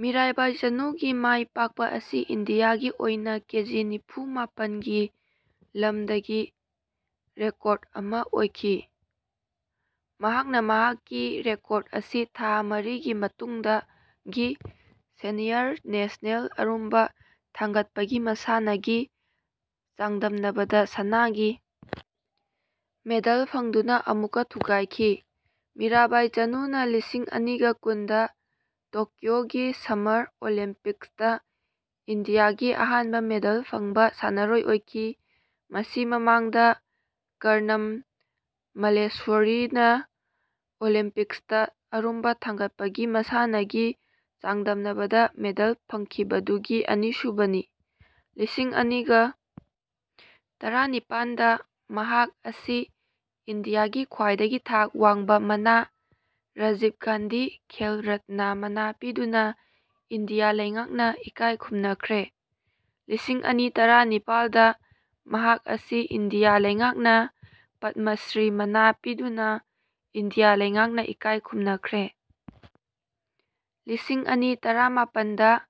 ꯃꯤꯔꯥꯕꯥꯏ ꯆꯅꯨꯒꯤ ꯃꯥꯢ ꯄꯥꯛꯄ ꯑꯁꯤ ꯏꯟꯗꯤꯌꯥ ꯒꯤ ꯑꯣꯢꯅ ꯀꯦꯖꯤ ꯅꯤꯐꯨ - ꯃꯥꯄꯟ ꯒꯤ ꯂꯝꯗꯒꯤ ꯔꯦꯀꯣꯔꯗ ꯑꯃ ꯑꯣꯢꯈꯤ꯫ ꯃꯍꯥꯛꯅ ꯃꯍꯥꯛꯀꯤ ꯔꯦꯀꯣꯔꯗ ꯑꯁꯤ ꯊꯥ ꯃꯔꯤꯒꯤ ꯃꯇꯨꯡꯗ ꯒꯤ ꯁꯦꯅꯤꯌꯔ ꯅꯦꯁꯅꯦꯜ ꯑꯔꯨꯝꯕ ꯊꯥꯡꯒꯠꯄꯒꯤ ꯃꯁꯥꯟꯅ ꯒꯤ ꯆꯥꯡꯗꯝꯅꯕꯗ ꯁꯅꯥꯒꯤ ꯃꯦꯗꯜ ꯐꯪꯗꯨꯅ ꯑꯃꯨꯛꯀ ꯊꯨꯒꯥꯢꯈꯤ꯫ ꯃꯤꯔꯥꯕꯥꯢ ꯆꯅꯨꯅ ꯂꯤꯁꯤꯡ ꯑꯅꯤꯒ ꯀꯨꯟꯗ ꯇꯣꯀ꯭ꯌꯣ ꯒꯤ ꯁꯝꯃꯔ ꯑꯣꯂꯤꯝꯄꯤꯛꯁꯇ ꯏꯟꯗꯤꯌꯥꯒꯤ ꯑꯍꯥꯟꯕ ꯃꯦꯗꯜ ꯐꯪꯕ ꯁꯥꯟꯅꯔꯣꯢ ꯑꯣꯢꯈꯤ꯫ ꯃꯁꯤ ꯃꯃꯥꯡꯗ ꯀꯔꯅꯝ ꯃꯂꯦꯁ꯭ꯋꯔꯤꯅ ꯑꯣꯂꯤꯝꯄꯤꯛꯁꯇ ꯑꯔꯨꯝꯕ ꯊꯥꯡꯒꯠꯄꯒꯤ ꯃꯁꯥꯟꯅꯒꯤ ꯆꯥꯡꯗꯝꯅꯕꯗ ꯃꯦꯗꯜ ꯐꯪꯈꯤꯕꯗꯨꯒꯤ ꯑꯅꯤꯁꯨꯕꯅꯤ꯫ ꯂꯤꯁꯤꯡ ꯑꯅꯤꯒ ꯇꯔꯥꯅꯤꯄꯥꯥꯟꯗ ꯃꯍꯥꯛ ꯑꯁꯤ ꯏꯟꯗꯤꯌꯥꯒꯤ ꯈ꯭ꯋꯥꯢꯗꯒꯤ ꯊꯥꯛ ꯋꯥꯡꯕ ꯃꯅꯥ "ꯔꯥꯖꯤꯚ ꯒꯥꯟꯙꯤ ꯈꯦꯜ ꯔꯠꯅ" ꯃꯅꯥ ꯄꯤꯗꯨꯅ ꯏꯟꯗꯤꯌꯥ ꯂꯩꯉꯥꯛꯅ ꯏꯀꯥꯢ ꯈꯨꯝꯅꯈ꯭ꯔꯦ꯫ ꯂꯤꯁꯤꯡ ꯑꯅꯤ ꯇꯔꯥ ꯅꯤꯄꯥꯥꯜꯗ ꯃꯍꯥꯛ ꯑꯁꯤ ꯏꯟꯗꯤꯌꯥ ꯂꯩꯉꯥꯛꯅ ꯄꯗꯃꯁ꯭ꯔꯤ ꯃꯅꯥ ꯄꯤꯗꯨꯅ ꯏꯟꯗꯤꯌꯥ ꯂꯩꯉꯥꯛꯅ ꯏꯀꯥꯢ ꯈꯨꯝꯅꯈ꯭ꯔꯦ꯫ ꯂꯤꯁꯤꯡ ꯑꯅꯤ ꯇꯔꯥꯃꯥꯄꯟꯗ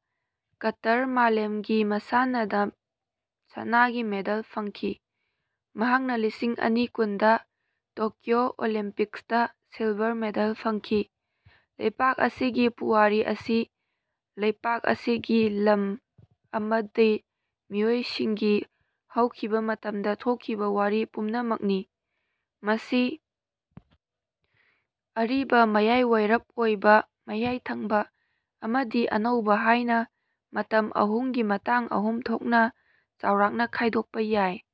ꯀꯇꯔ ꯃꯥꯂꯦꯝꯒꯤ ꯃꯁꯥꯟꯅꯗ ꯁꯅꯥꯒꯤ ꯃꯦꯗꯜ ꯐꯪꯈꯤ꯫ ꯃꯍꯥꯛꯅ ꯂꯤꯁꯤꯡ ꯑꯅꯤ ꯀꯨꯟꯗ ꯇꯣꯀ꯭ꯌꯣ ꯑꯣꯂꯤꯝꯄꯤꯛꯁꯇ ꯁꯤꯜꯚꯔ ꯃꯦꯗꯜ ꯐꯪꯈꯤ꯫ ꯂꯩꯄꯥꯛ ꯑꯁꯤꯒꯤ ꯄꯨꯋꯥꯔꯤ ꯑꯁꯤ ꯂꯩꯄꯥꯛ ꯑꯁꯤꯒꯤ ꯂꯝ ꯑꯃꯗꯤ ꯃꯤꯑꯣꯢꯁꯤꯡꯒꯤ ꯍꯧꯈꯤꯕ ꯃꯇꯝꯗ ꯊꯣꯛꯈꯤꯕ ꯋꯥꯔꯤ ꯄꯨꯝꯅꯃꯛꯅꯤ꯫ ꯃꯁꯤ ꯑꯔꯤꯕ, ꯃꯌꯥꯢꯋꯥꯢꯔꯞ ꯑꯣꯢꯕ (ꯃꯌꯥꯢ ꯊꯪꯕ), ꯑꯃꯗꯤ ꯑꯅꯧꯕ ꯍꯥꯢꯅ ꯃꯇꯝ ꯑꯍꯨꯝꯒꯤ ꯃꯇꯥꯡ ꯑꯍꯨꯝ ꯊꯣꯛꯅ ꯆꯥꯎꯔꯥꯛꯅ ꯈꯥꯢꯗꯣꯛꯄ ꯌꯥꯢ꯫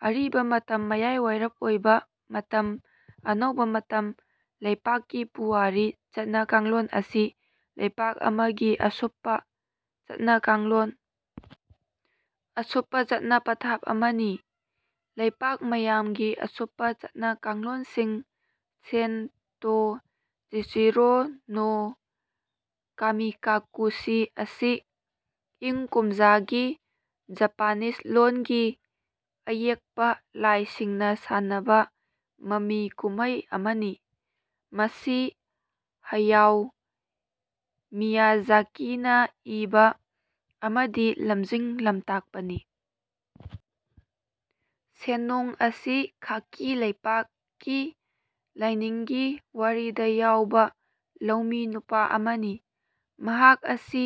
ꯑꯔꯤꯕ ꯃꯇꯝ ꯃꯌꯥꯢꯋꯥꯢꯔꯞ ꯑꯣꯢꯕ ꯃꯇꯝ ꯑꯅꯧꯕ ꯃꯇꯝ ꯂꯩꯄꯥꯛꯀꯤ ꯄꯨꯋꯥꯔꯤ ꯆꯠꯅ ꯀꯥꯡꯂꯣꯟ ꯑꯁꯤ ꯂꯩꯄꯥꯛ ꯑꯃꯒꯤ ꯑꯁꯨꯞꯄ ꯆꯠꯅ ꯀꯥꯡꯂꯣꯟ (ꯑꯁꯨꯞꯄ ꯆꯠꯅ ꯄꯊꯥꯞ) ꯑꯃꯅꯤ꯫ ꯂꯩꯄꯥꯛ ꯃꯌꯥꯝꯒꯤ ꯑꯁꯨꯞꯄ ꯆꯠꯅ ꯀꯥꯡꯂꯣꯟꯁꯤꯡ ꯁꯦꯟ ꯇꯣ ꯆꯤꯆꯤꯔꯣ ꯅꯣ ꯀꯥꯃꯤꯀꯥꯀꯨꯁꯤ ꯑꯁꯤ ꯏꯪ ꯀꯨꯝꯖꯥ ꯒꯤ ꯖꯄꯥꯅꯤꯁ ꯂꯣꯟꯒꯤ ꯑꯌꯦꯛꯄ ꯂꯥꯢꯁꯤꯡꯅ ꯁꯥꯟꯅꯕ ꯃꯃꯤ ꯀꯨꯝꯃꯩ ꯑꯃꯅꯤ꯫ ꯃꯁꯤ ꯍꯌꯥꯎ ꯃꯤꯌꯥꯓꯥꯀꯤꯅ ꯏꯕ ꯑꯃꯗꯤ ꯂꯝꯖꯤꯡ ꯂꯝꯇꯥꯛꯄꯅꯤ꯫ ꯁꯦꯟꯅꯣꯡ ꯑꯁꯤ ꯈꯥꯀꯤ ꯂꯩꯄꯥꯛ ꯀꯤ ꯂꯥꯢꯅꯤꯡꯒꯤ ꯋꯥꯔꯤꯗ ꯌꯥꯎꯕ ꯂꯧꯃꯤ ꯅꯨꯄꯥ ꯑꯃꯅꯤ꯫ ꯃꯍꯥꯛ ꯑꯁꯤ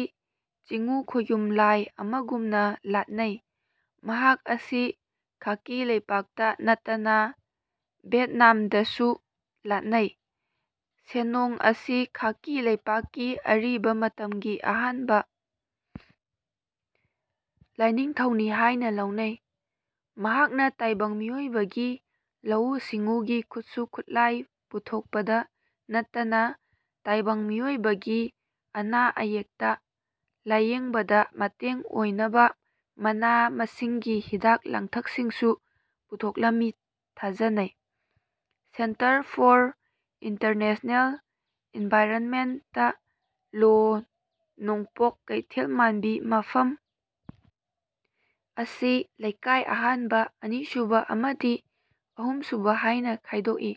ꯆꯤꯉꯨ ꯈꯣꯌꯨꯝ ꯂꯥꯢ ꯑꯃꯒꯨꯝꯅ ꯂꯥꯠꯅꯩ꯫ ꯃꯍꯥꯛ ꯑꯁꯤ ꯈꯥꯀꯤ ꯂꯩꯄꯥꯛꯇ ꯅꯠꯇꯅ ꯚꯦꯠꯅꯥꯝꯗꯁꯨ ꯂꯥꯠꯅꯩ꯫ ꯁꯦꯟꯅꯣꯡ ꯑꯁꯤ ꯈꯥꯀꯤ ꯂꯩꯄꯥꯛ ꯀꯤ ꯑꯔꯤꯕ ꯃꯇꯝꯒꯤ ꯑꯍꯥꯟꯕ ꯂꯥꯢꯅꯤꯡꯊꯧꯅꯤ ꯍꯥꯢꯅ ꯂꯧꯅꯩ꯫ ꯃꯍꯥꯛꯅ ꯇꯥꯢꯕꯪ ꯃꯤꯑꯣꯢꯕꯒꯤ ꯂꯧꯎ ꯁꯤꯡꯎꯒꯤ ꯈꯨꯠꯁꯨ ꯈꯨꯠꯂꯥꯢ ꯄꯨꯊꯣꯛꯄꯗ ꯅꯠꯇꯅ ꯇꯥꯢꯕꯪ ꯃꯤꯑꯣꯢꯕꯒꯤ ꯑꯅꯥ ꯑꯌꯦꯛꯇ ꯂꯥꯢꯌꯦꯡꯕꯗ ꯃꯇꯦꯡ ꯑꯣꯢꯅꯕ ꯃꯅꯥ ꯃꯁꯤꯡꯒꯤ ꯍꯤꯗꯥꯛ ꯂꯥꯡꯊꯛꯁꯤꯡꯁꯨ ꯄꯨꯊꯣꯛꯂꯝꯃꯤ ꯊꯥꯖꯅꯩ꯫ ꯁꯦꯟꯇꯔ ꯐꯣꯔ ꯏꯟꯇꯔꯅꯦꯁꯅꯦꯜ ꯏꯟꯚꯥꯏꯔꯟꯃꯦꯟꯇ ꯂꯣ ꯅꯣꯡꯄꯣꯛ ꯀꯩꯊꯦꯜꯃꯥꯟꯕꯤ ꯃꯐꯝ ꯑꯁꯤ ꯂꯩꯀꯥꯢ ꯑꯍꯥꯟꯕ, ꯑꯅꯤꯁꯨꯕ ꯑꯃꯗꯤ ꯑꯍꯨꯝꯁꯨꯕ ꯍꯥꯢꯅ ꯈꯥꯢꯗꯣꯛꯏ꯫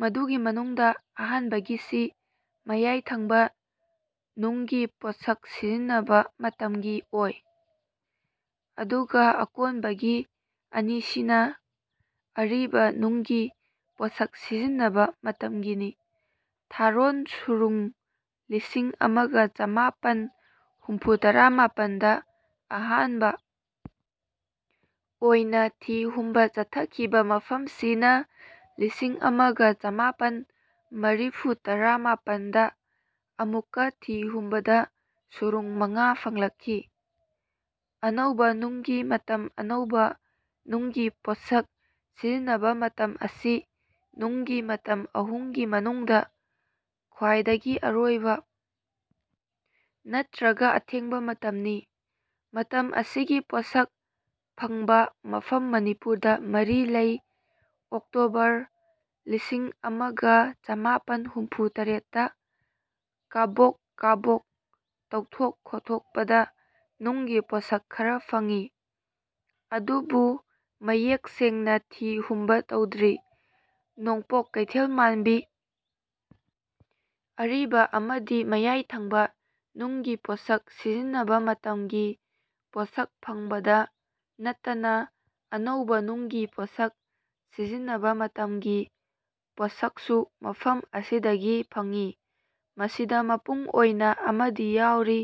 ꯃꯗꯨꯒꯤ ꯃꯅꯨꯡꯗ ꯑꯍꯥꯟꯕꯒꯤꯁꯤ ꯃꯌꯥꯢꯊꯪꯕ ꯅꯨꯡꯒꯤ ꯄꯣꯠꯁꯛ ꯁꯤꯖꯤꯟꯅꯕ ꯃꯇꯝꯒꯤ ꯑꯣꯢ꯫ ꯑꯗꯨꯒ ꯑꯀꯣꯟꯕꯒꯤ ꯑꯅꯤꯁꯤꯅ ꯑꯔꯤꯕ ꯅꯨꯡꯒꯤ ꯄꯣꯠꯁꯛ ꯁꯤꯖꯤꯟꯅꯕ ꯃꯇꯝꯒꯤꯅꯤ꯫ ꯊꯥꯔꯣꯟ ꯁꯨꯔꯨꯡ ꯂꯤꯁꯤꯡ ꯑꯃꯒ ꯆꯃꯥꯄꯟ ꯍꯨꯝꯐꯨꯇꯔꯥ ꯃꯥꯄꯟꯗ ꯑꯍꯥꯟꯕ ꯑꯣꯢꯅ ꯊꯤ ꯍꯨꯝꯕ ꯆꯠꯊꯈꯤꯕ ꯃꯐꯝꯁꯤ ꯅ ꯂꯤꯁꯤꯡ ꯑꯃꯒ ꯆꯃꯥꯄꯟ ꯃꯔꯤꯐꯨꯇꯔꯥ ꯃꯥꯄꯟꯗ ꯑꯃꯨꯛꯀ ꯊꯤ ꯍꯨꯝꯕ ꯗ ꯁꯨꯔꯨꯡ ꯃꯉꯥ ꯐꯪꯂꯛꯈꯤ꯫ ꯑꯅꯧꯕ ꯅꯨꯡꯒꯤ ꯃꯇꯝ ꯑꯅꯧꯕ ꯅꯨꯡꯒꯤ ꯄꯣꯠꯁꯛ ꯁꯤꯖꯤꯟꯅꯕ ꯃꯇꯝ ꯑꯁꯤ ꯅꯨꯡꯒꯤ ꯃꯇꯝ ꯑꯍꯨꯝꯒꯤ ꯃꯅꯨꯡꯗ ꯈ꯭ꯋꯥꯢꯗꯒꯤ ꯑꯔꯣꯢꯕ ꯅꯠꯇ꯭ꯔꯒ ꯑꯊꯦꯡꯕ ꯃꯇꯝꯅꯤ꯫ ꯃꯇꯝ ꯑꯁꯤꯒꯤ ꯄꯣꯠꯁꯛ ꯐꯪꯕ ꯃꯐꯝ ꯃꯅꯤꯄꯨꯔꯗ ꯃꯔꯤ ꯂꯩ꯫ ꯑꯣꯛꯇꯣꯕꯔ, ꯂꯤꯁꯤꯡ ꯑꯃꯒ ꯆꯃꯥꯄꯟ ꯍꯨꯝꯐꯨ ꯇꯔꯦꯠꯇ ꯀꯥꯕꯣꯛ ꯀꯥꯕꯣꯛ ꯇꯧꯊꯣꯛ ꯈꯣꯠꯊꯣꯛꯄꯗ ꯅꯨꯡꯒꯤ ꯄꯣꯠꯁꯛ ꯈꯔ ꯐꯪꯏ꯫ ꯑꯗꯨꯕꯨ ꯃꯌꯦꯛ ꯁꯦꯡꯅ ꯊꯤ ꯍꯨꯝꯕ ꯇꯧꯗ꯭ꯔꯤ꯫ ꯅꯣꯡꯄꯣꯛ ꯀꯩꯊꯦꯜꯃꯥꯟꯕꯤ ꯑꯔꯤꯕ ꯑꯃꯗꯤ ꯃꯌꯥꯢꯊꯪꯕ ꯅꯨꯡꯒꯤ ꯄꯣꯠꯁꯛ ꯁꯤꯖꯤꯟꯅꯕ ꯃꯇꯝꯒꯤ ꯄꯣꯠꯁꯛ ꯐꯪꯕꯗ ꯅꯠꯇꯅ ꯑꯅꯧꯕ ꯅꯨꯡꯒꯤ ꯄꯣꯠꯁꯛ ꯁꯤꯖꯤꯟꯅꯕ ꯃꯇꯝꯒꯤ ꯄꯣꯠꯁꯛꯁꯨ ꯃꯐꯝ ꯑꯁꯤꯗꯒꯤ ꯐꯪꯏ꯫ ꯃꯁꯤꯗ ꯃꯄꯨꯡ ꯑꯣꯢꯅ ꯑꯃꯗꯤ ꯌꯥꯎꯔꯤ꯫